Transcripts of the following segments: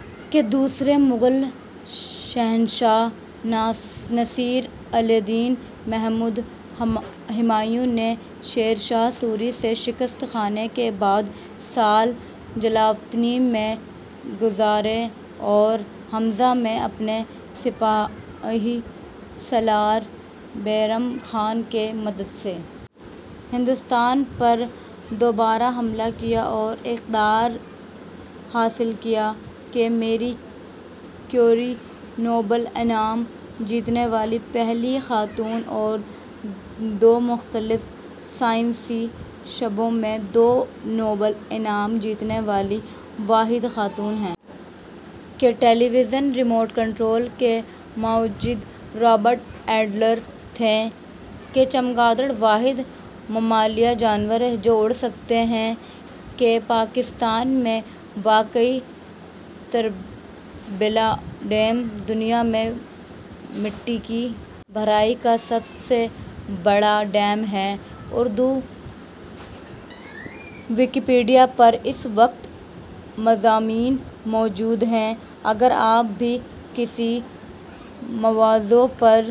… کہ دوسرے مغل شہنشاہ نصیر الدین محمد ہمایوں نے شیر شاہ سوری سے شکست کھانے کے بعد سال جلاوطنی میں گزارے اور ء میں اپنے سپہ سالار بیرم خان کی مدد سے ہندوستان پر دوبارہ حملہ کیا اور اقتدار حاصل کیا؟… کہ میری کیوری نوبل انعام جیتنے والی پہلی خاتون اور دو مختلف سائنسی شعبوں میں دو نوبل انعام جیتنے والی واحد خاتون ہیں؟… کہ ٹیلی ویژن ریموٹ کنٹرول کے موجد رابرٹ ایڈلر تھے؟… کہ چمگادڑ واحد ممالیہ جانور ہے جو اڑ سکتے ہیں؟… کہ پاکستان میں واقع تربیلا ڈیم دنیا میں مٹی کی بھرائی کا سب سے بڑا ڈیم ہے؟ اردو ویکیپیڈیا پر اس وقت مضامین موجود ہیں، اگر آپ بھی کسی موضوع پر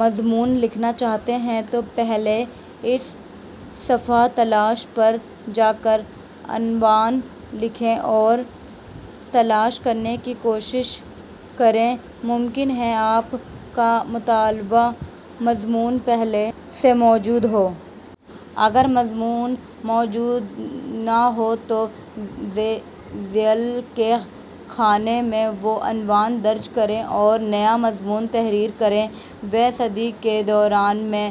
مضمون لکھنا چاہتے ہیں تو پہلے اس صفحۂ تلاش پر جا کر عنوان لکھیے اور تلاش کرنے کی کوشش کریں، ممکن ہے آپ کا مطلوبہ مضمون پہلے سے موجود ہو۔ اگر مضمون موجود نہ ہو تو ذیل کے خانہ میں وہ عنوان درج کریں اور نیا مضمون تحریر کریں۔ ویں صدی کے دوران میں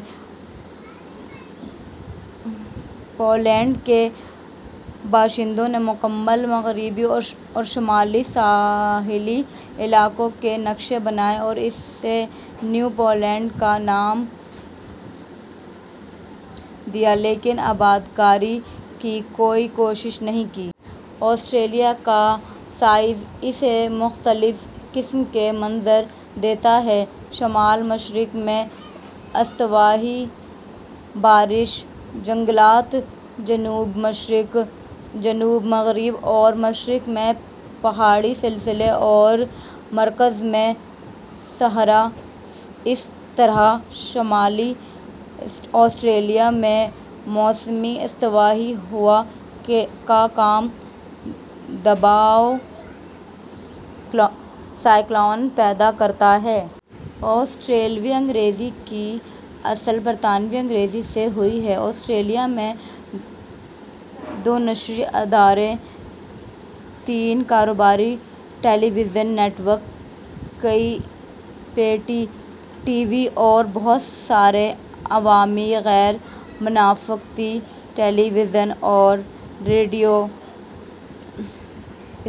ہالینڈ کے باشندوں نے مکمل مغربی اورشمالی ساحلی علاقوں کے نقشے بنائے اور اسے نیو ہالینڈ کا نام دیا لیکن آبادکاری کی کوئی کوشش نہیں کی۔ آسٹریلیا کا سائز اسے مختلف قسم کے مناظر دیتا ہے، شمال مشرق میں استوائی بارشی جنگلات، جنوب مشرق، جنوب مغرب اور مشرق میں پہاڑی سلسلے اور مرکز میں صحرا۔ اسی طرح شمالی آسٹریلیا میں موسمی استوائی ہوا کا کم دباؤ سائیکلون پیدا کرتا ہے۔ آسٹریلوی انگریزی کی اصل برطانوی انگریزی سے ہوئی ہے۔ آسٹریلیا میں دو نشری ادارے، تین کاروباری ٹیلی ویژن نیٹ ورک، کئی پے ٹی وی اور بہت سارے عوامی، غیر منافعتی ٹیلی ویژن اور ریڈیو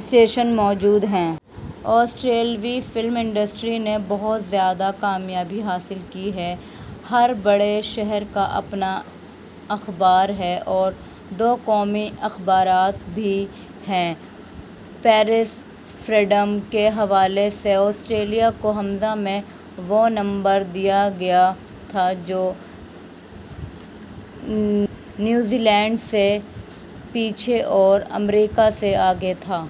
اسٹیشن موجود ہیں۔ آسٹریلوی فلم انڈسٹری نے بہت زیادہ کامیابی حاصل کی ہے۔ ہر بڑے شہر کا اپنا اخبار ہے اور دو قومی اخبارات بھی ہیں۔ پریس فریڈم کے حوالے سے آسٹریلیا کو ء میں واں نمبر دیا گیا تھا جو نیوزی لینڈ سے پیچھے اور امریکا سے آگے تھا۔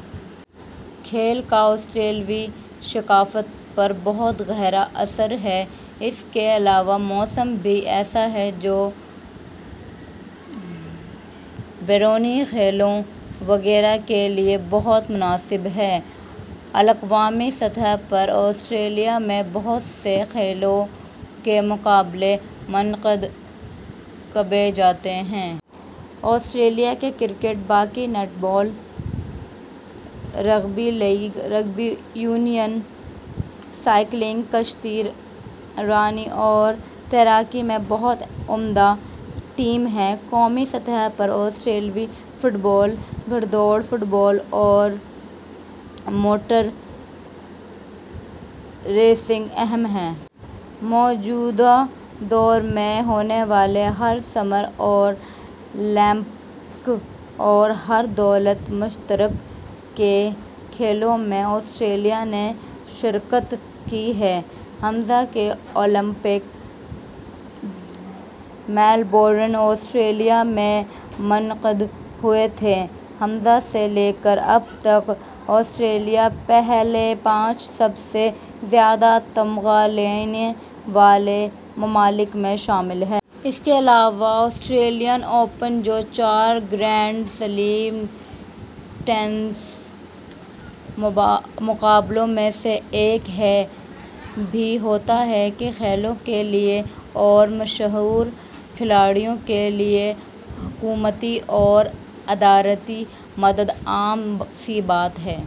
کھیل کا آسٹریلوی ثقافت پر بہت گہرا اثر ہے۔ اس کے علاوہ موسم بھی ایسا ہے جو بیرونی کھیلوں وغیرہ کے لیے بہت مناسب ہے۔ بین الاقوامی سطح پر آسٹریلیا میں بہت سے کھیلوں کے مقابلے منعقد کیے جاتے ہیں۔ آسٹریلیا کی cricket, hockey, netball, rugby league, rugby union, cycling, کشتی رانی اور تیراکی میں بہت عمدہ ٹیمیں ہیں۔ قومی سطح پر آسٹریلوی فٹ بال، گھڑ دوڑ، فٹ بال اور موٹر ریسنگ اہم ہیں۔ موجودہ دور میں ہونے والے ہر سمر اولمپک اور ہر دولت مشترکہ کی کھیلوں میں آسٹریلیا نے شرکت کی ہے۔ ء کے اولمپک میلبورن، آسٹریلیا میں منعقد ہوئے تھے۔ ء سے لے کر اب تک آسٹریلیا پہلے پانچ سب سے زیادہ تمغا لینے والے ممالک میں شامل ہے۔ اس کے علاوہ آسٹریلین اوپن جو چار گرینڈ سلیم ٹینس مقابلوں میں سے ایک ہے، بھی ہوتا ہے۔ کھیلوں کے لیے اور مشہور کھلاڑیوں کے لیے حکومتی اور اداراتی مدد عام سی بات ہے۔